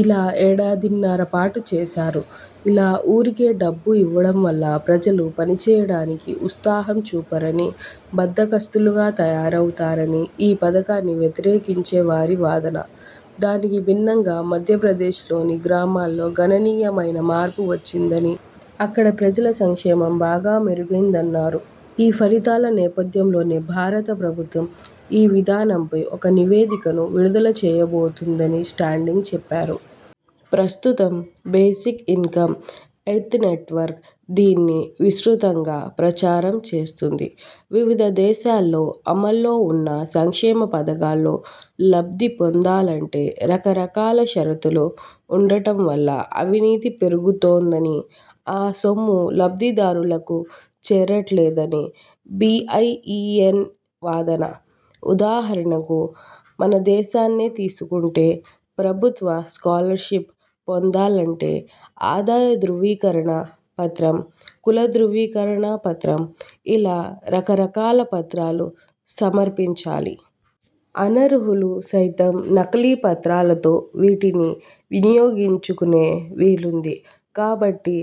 ఇలా ఏడాదిన్నరపాటు చేశారు. ఇలా ఊరకే డబ్బు ఇవ్వడంవల్ల ప్రజలు పనిచేయడానికి ఉత్సా హం చూపరని బద్ధకస్తులుగా తయారవుతారని ఈ పథకాన్ని వ్యతిరేకించేవారి వాదన. దానికి భిన్నంగా మధ్యప్రదేశ్లోని గ్రామాల్లో గణనీయమైన మార్పు వచ్చిందని, అక్కడి ప్రజల సంక్షేమం బాగా మెరుగైందన్నారు. ఈ ఫలితాల నేపథ్యంలోనే భారత ప్రభుత్వం ఈ విధానంపై ఒక నివేదికను విడుదల చేయబోతోందని స్టాండింగ్ చెప్పారు. ప్రస్తుతం బేసిక్ ఇన్కమ్ ఎర్త్ నెట్వర్క్ దీన్ని విస్తృతంగా ప్రచారం చేస్తోంది. వివిధ దేశాల్లో అమల్లో ఉన్న సంక్షేమ పథకాల్లో లబ్ధి పొందాలంటే రకరకాల షరతులు ఉండటంవల్ల అవినీతి పెరుగుతోందని, ఆ సొమ్ము లబ్ధిదారులకు చేరట్లేదని బీఐఈఎన్ వాదన. ఉదాహరణకు మనదేశాన్నే తీసుకుంటే ప్రభుత్వ స్కాలర్షిప్ పొందాలంటే ఆదాయ ధ్రువీకరణ పత్రం, కుల ధ్రువీకరణ పత్రం ఇలా రకరకాల పత్రాలు సమర్పించాలి. అనర్హులు సైతం నకిలీ పత్రాలతో వీటిని వినియోగించుకునే వీలుంది. కాబట్టి,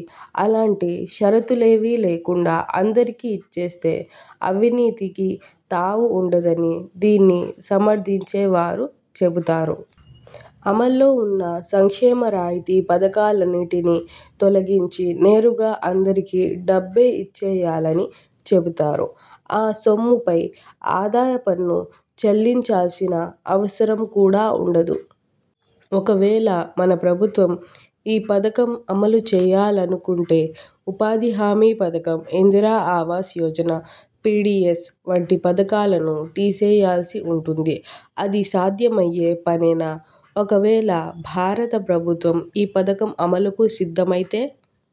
అలాంటి షరతులేవీ లేకుండా అందరికీ ఇచ్చేస్తే అవినీతికి తావు ఉండదని దీన్ని సమర్థించేవారు చెబుతారు. అమల్లో ఉన్న సంక్షేమ, రాయితీ పథకాలన్నిటినీ తొలగించి నేరుగా అందరికీ డబ్బే ఇచ్చేయాలని చెబుతారు. ఆ సొమ్ముపై ఆదాయపన్ను చెల్లించాల్సిన అవసరం కూడా ఉండదు. ఒకవేళ మన ప్రభుత్వం ఈ పథకం అమలు చేయాలనుకుంటే ఉపాధి హామీ పథకం, ఇందిర ఆవాస్ యోజన, పీడీఎస్ వంటి పథకాలను తీసేయాల్సి ఉంటుంది. అది సాధ్యమయ్యే పనేనా? ఒకవేళ భారత ప్రభుత్వం ఈ పథకం అమలుకు సిద్ధమైతే